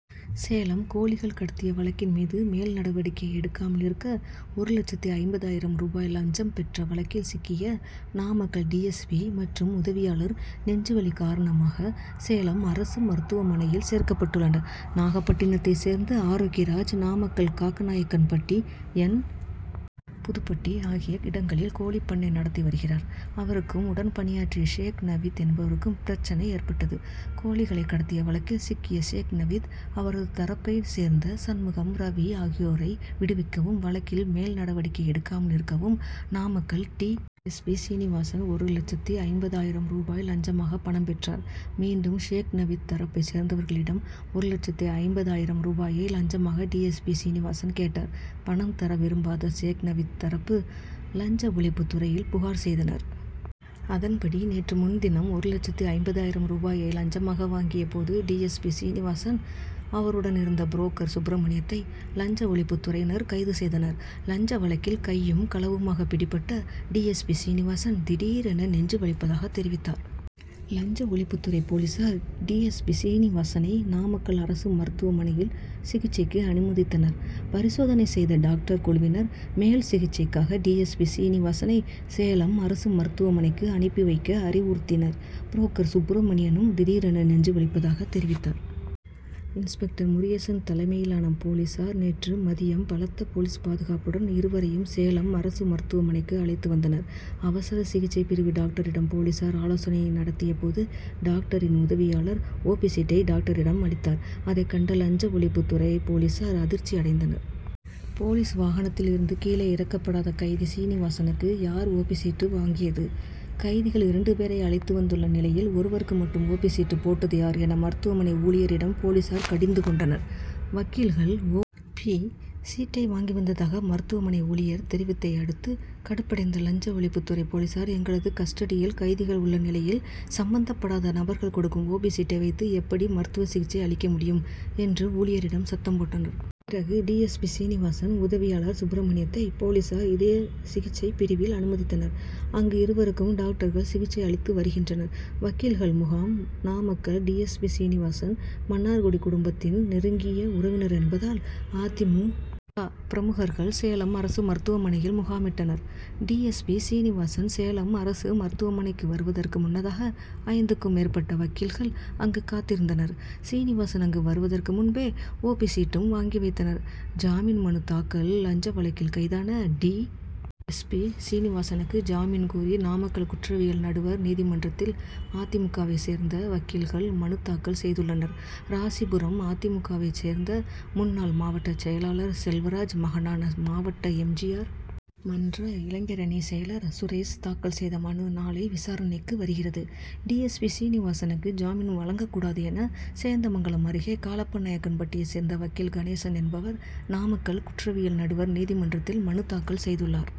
சேலம் கோழிகள் கடத்திய வழக்கின் மீது மேல் நடவடிக்கை எடுக்காமல் இருக்க, ஒரு லட்சத்து ஐம்பதாயிரம் ரூபாய் லஞ்சம் பெற்ற வழக்கில் சிக்கிய நாமக்கல் டி. எஸ். பி., மற்றும் உதவியாளர், நெஞ்சுவலி காரணமாக சேலம் அரசு மருத்துவமனையில் சேர்க்கப்பட்டுள்ளனர். நாகப்பட்டினத்தை சேர்ந்த ஆரோக்கியராஜ். நாமக்கல் காக்கநாயக்கன்பட்டி, என். புதுப்பட்டி ஆகிய இடங்களில் கோழிப்பண்ணை நடத்தி வருகிறார். அவருக்கும், உடன் பணியாற்றிய ஷேக் நவீத் என்பவருக்கும் பிரச்னை ஏற்பட்டது. கோழிகளை கடத்திய வழக்கில் சிக்கிய ஷேக் நவீத், அவரது தரப்பை சேர்ந்த சண்முகம், ரவி ஆகியோரை விடுவிக்கவும், வழக்கில் மேல்நடவடிக்கை எடுக்காமல் இருக்கவும், Namakkal D. S. P., Srinivasan, ஒரு லட்சத்து ஐம்பதாயிரம் ரூபாய் லஞ்சமாக பணம் பெற்றார். மீண்டும் ஷேக் நவீத் தரப்பை சேர்ந்தவர்களிடம் ஒரு லட்சத்து ஐம்பதாயிரம் ரூபாயை லஞ்சமாக டி. எஸ். பி., சீனிவாசன் கேட்டார். பணம் தர விரும்பாத ஷேக் நவீத் தரப்பு, லஞ்ச ஒழிப்பு துறையில் புகார் செய்தனர். அதன்படி நேற்று முன்தினம், ஒரு லட்சத்து ஐம்பதாயிரம் ரூபாயை லஞ்சமாக வாங்கிய போது டி. எஸ். பி., சீனிவாசன், அவருடன் இருந்த புரோக்கர் சுப்பிரமணியத்தை, லஞ்ச ஒழிப்புத் துறையினர் கைது செய்தனர். லஞ்ச வழக்கில் கையும் களவுமாக பிடிபட்ட டி. எஸ். பி., சீனிவாசன், திடீரென நெஞ்சு வலிப்பதாக தெரிவித்தார். லஞ்ச ஒழிப்பு துறை போலீசார், டி. எஸ். பி., சீனிவாசனை நாமக்கல் அரசு மருத்துவமனையில் சிகிச்சைக்கு அனுமதித்தனர். பரிசோதனை செய்த டாக்டர் குழுவினர், மேல் சிகிச்சைக்காக டி. எஸ். பி., சீனிவாசனை சேலம் அரசு மருத்துவமனைக்கு அனுப்பி வைக்க அறிவுறுத்தினர். புரோக்கர் சுப்ரமணியனும் திடீரென நெஞ்சு வலிப்பதாக தெரிவித்தார். இன்ஸ்பெக்டர் முருகேசன் தலைமையிலான போலீசார் நேற்று மதியம் பலத்த போலீஸ் பாதுகாப்புடன் இருவரையும் சேலம் அரசு மருத்துவமனைக்கு அழைத்து வந்தனர். அவசர சிகிச்சை பிரிவு டாக்டரிடம் போலீசார் ஆலோசனை நடத்திய போது, டாக்டரின் உதவியாளர், ஓ. பி., சீட்டை டாக்டரிடம் அளித்தார். அதை கண்ட லஞ்ச ஒழிப்பு துறை போலீசார் அதிர்ச்சி அடைந்தனர். போலீஸ் வாகனத்தில் இருந்து கீழே இறக்கப்படாத கைதி சீனிவாசனுக்கு, யார் ஓ. பி., சீட்டு வாங்கியது, கைதிகள் இரண்டு பேரை அழைத்து வந்துள்ள நிலையில், ஒருவருக்கு மட்டும் ஓ. பி., சீட்டு போட்டது யார், என மருத்துவமனை ஊழியரிடம் போலீசார் கடிந்து கொண்டனர். வக்கீல்கள், ஓ. பி., சீட்டை வாங்கி வந்ததாக மருத்துவமனை ஊழியர் தெரிவித்தை அடுத்து, கடுப்படைந்த லஞ்ச ஒழிப்பு துறை போலீசார், எங்களது கஸ்டடியில் கைதிகள் உள்ள நிலையில், சம்பந்தப்படாத நபர்கள் கொடுக்கும், ஓ. பி., சீட்டை வைத்து எப்படி மருத்துவ சிகிச்சை அளிக்க முடியும்? என்று ஊழியரிடம் சத்தம் போட்டனர். பிறகு டி. எஸ். பி., சீனிவாசன், உதவியாளர் சுப்ரமணியத்தை, போலீசார், இதய சிகிச்சை பிரிவில் அனுமதித்தனர். அங்கு இருவருக்கும் டாக்டர்கள் சிகிச்சை அளித்து வருகின்றனர். வக்கீல்கள் முகாம் Namakkal D. S. P., Srinivasan, Mannargudi குடும்பத்தின்' நெருங்கிய உறவினர் என்பதால், அ. தி. மு. க., பிரமுகர்கள், சேலம் அரசு மருத்துவமனையில் முகாமிட்டனர். D. S. P., Srinivasan, Salem அரசு மருத்துவமனைக்கு வருவதற்கு முன்னதாக, ஐந்துக்கும் மேற்பட்ட வக்கீல்கள் அங்கு காத்திருந்தனர். சீனிவாசன் அங்கு வருவதற்கு முன்பே, ஓ. பி., சீட்டும் வாங்கி வைத்தனர். ஜாமீன் மனு தாக்கல் லஞ்ச வழக்கில் கைதான டி. எஸ். பி., சீனிவாசனுக்கு ஜாமீன் கோரி, நாமக்கல் குற்றவியல் நடுவர் நீதிமன்றத்தில் அ. தி. மு. க.,வைச் சேர்ந்த வக்கீல்கள் மனு தாக்கல் செய்துள்ளனர். ராசிபுரம் அ. தி. மு. க.,வைச் சேர்ந்த முன்னாள் மாவட்டச் செயலர் செல்வராஜ் மகனான மாவட்ட எம். ஜி. ஆர்., மன்ற இளைஞரணி செயலர் சுரேஷ் தாக்கல் செய்த மனு, நாளை விசாரணைக்கு வருகிறது. டி. எஸ். பி., சீனிவாசனுக்கு ஜாமீன் வழங்கக்கூடாது' என, சேந்தமங்கலம் அருகே காளப்பநாயக்கன்பட்டியை சேர்ந்த வக்கீல் கணேசன் என்பவர், நாமக்கல் குற்றவியல் நடுவர் நீதிமன்றத்தில் மனு தாக்கல் செய்துள்ளார்.